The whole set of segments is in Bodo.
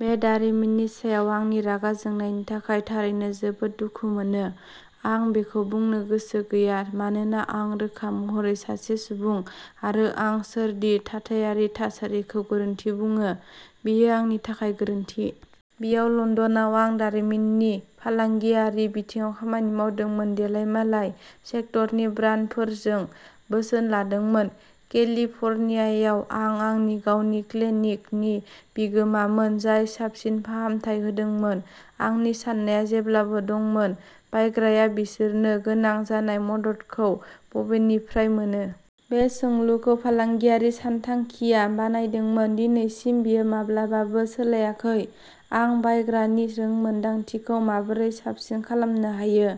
बे दारिमिननि सायाव आंनि रागा जोंनायनि थाखाय थारैनो जोबोद दुखु मोनो। आं बेखौ बुंनो गोसो गैया मानोना आं रोखा महरै सासे सुबुं, आरो आं सोर दि थाथायारि थासारिखौ गोरोन्थि बुङो? बेयो आंनि थाखाय गोरोन्थि। बेयाव लन्दनाव, आं दारिमिननि फालांगियारि बिथिङाव खामानि मावदोंमोन, देलायमालाय सेक्टरनि ब्रान्डफोरजों बोसोन लादोंमोन। केलिफर्नियायाव, आं आंनि गावनि क्लिनिकनि बिगोमामोन, जाय साबसिन फाहामथाय होदोंमोन। आंनि साननाया जेब्लाबो दंमोन, बायग्राया बिसोरनो गोनां जानाय मददखौ बबेनिफ्राय मोनो? बे सोंलुखौनो फालांगियारि सानथांखिआ बानायदोंमोन। दिनैसिम, बेयो माब्लाबाबो सोलायाखै। आं बायग्रानि रोंमोनदांथिखौ माबोरै साबसिन खालामनो हायो?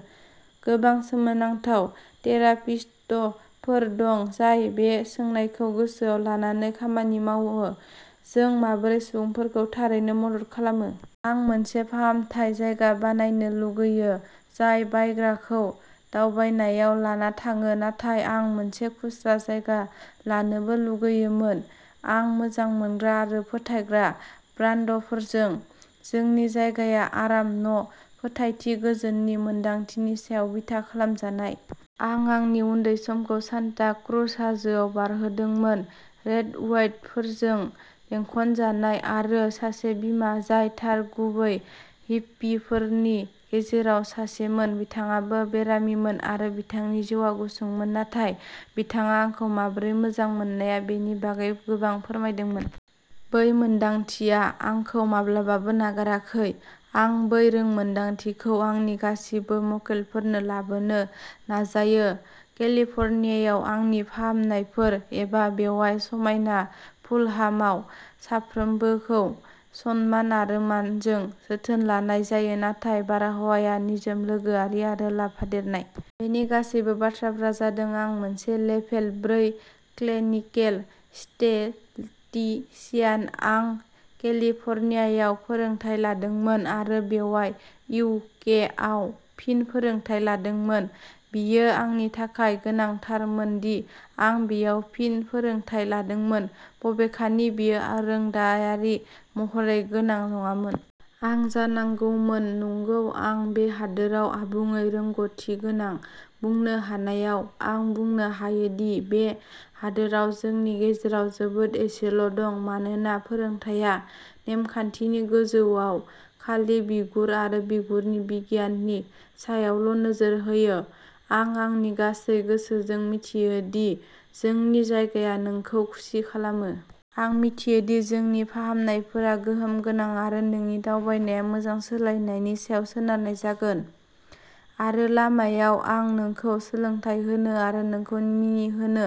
गोबां सोमोनांथाव थेरापिस्टफोर दं, जाय बे सोंनायखौ गोसोआव लानानै खामानि मावो। जों माबोरै सुबुंफोरखौ थारैनो मदद खालामो। आं मोनसे फाहामथाय जायगा बानायनो लुगैयो जाय बायग्राखौ दावबायनायाव लाना थाङो, नाथाय आं मोनसे खुस्रा जायगा लानोबो लुगैयोमोन। आं मोजां मोनग्रा आरो फोथायग्रा ब्रान्डफोरजों। जोंनि जायगाया आराम, न', फोथायथि, गोजोननि मोन्दांथिनि सायाव बिथा खालामजानाय। आं आंनि उन्दै समखौ सान्टा क्रुज हाजोआव बारहोदोंमोन, रेडवुडफोरजों बेंखनजानाय आरो सासे बिमा जाय थार गुबै हिप्पिफोरनि गेजेराव सासेमोन। बिथाङाबो बेरामिमोन, आरो बिथांनि जिउआ गुसुंमोन, नाथाय बिथाङा आंखौ माबोरै मोजां मोननाया बेनि बागै गोबां फोरोंदोंमोन। बै मोन्दांथिया आंखौ माब्लाबाबो नागाराखै। आं बै रोंमोनदांथिखौ आंनि गासिबो मक्केलफोरनो लाबोनो नाजायो, केलिफर्नियायाव आंनि फाहामनायफोर, एबा बेवहाय समायना फुलहामाव। साफ्रोमखौबो सनमान आरो मानजों जोथोन लानाय जायो, नाथाय बारहावाया निजोम, लोगोआरि, आरो लाफादेरनाय। बेनि गासैबो बाथ्राफोरा जादों आं मोनसे लेभेल ब्रै क्लिनिकेल एस्थेटिसियान। आं केलिफर्नियायाव फोरोंथाय लादोंमोन, आरो बेवहाय इउ. के. आव फिन फोरोंथाय लादोंमोन। बेयो आंनि थाखाय गोनांथारमोनदि आं बेयाव फिन फोरोंथाय लादोंमोन, बबेखानि बेयो आरोंदायारि महरै गोनां नङामोन। आं जानांगौमोन। "नंगौ, आं बे हादोराव आबुङै रोंग'थिगोनां।" बुंनो हानायाव आं बुंनो हायोदि बे हादोराव जोंनि गेजेराव जोबोद एसेल' दं, मानोना फोरोंथाया नेमखान्थिनि गोजौआव, खालि बिगुर आरो बिगुरनि बिगियाननि सायावल' नोजोर होयो। आं आंनि गासै गोसोजों मिजिंथियो, दि जोंनि जायगाया नोंखौ खुसि खालामो। आं मिथियो दि जोंनि फाहामनायफोरा गोहोम गोनां, आरो नोंनि दावबायनाया मोजां सोलायनायनि सायाव सोनारनाय जागोन, आरो लामायाव, आं नोंखौ सोलोंथाय होनो आरो नोंखौ मिनिहोनो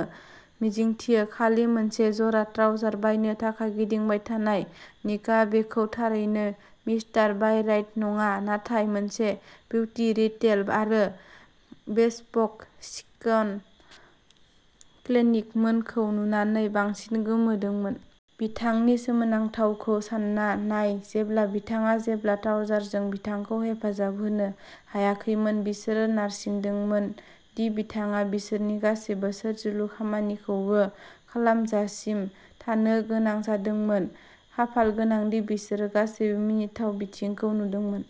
मिजिंथियो। खालि मोनसे जरा ट्राउजार बायनो थाखाय गिदिंबाय थानाय, निकआ बेखौ थारैनो मिस्टार बायराइट नङा नाथाय मोनसे बिउटि रिटेल आरो बेस्पक स्किन क्लिनिकमोनखौ नुनानै बांसिन गोमोदोंमोन। बिथांनि सोमोनांथावखौ सानना नाय जेब्ला बिथाङा जेबो ट्राउजारजों बिथांखौ हेफाजाब होनो हायाखैमोन, बिसोरो नारसिनदोंमोन दि बिथाङा बिसोरनि गासैबो सोरजिलु खामानिखौबो खालामजासिम थानो गोनां जादोंमोन। खाफाल गोनां दि बिसोरो गासैबो मिनिथाव बिथिंखौ नुदोंमोन।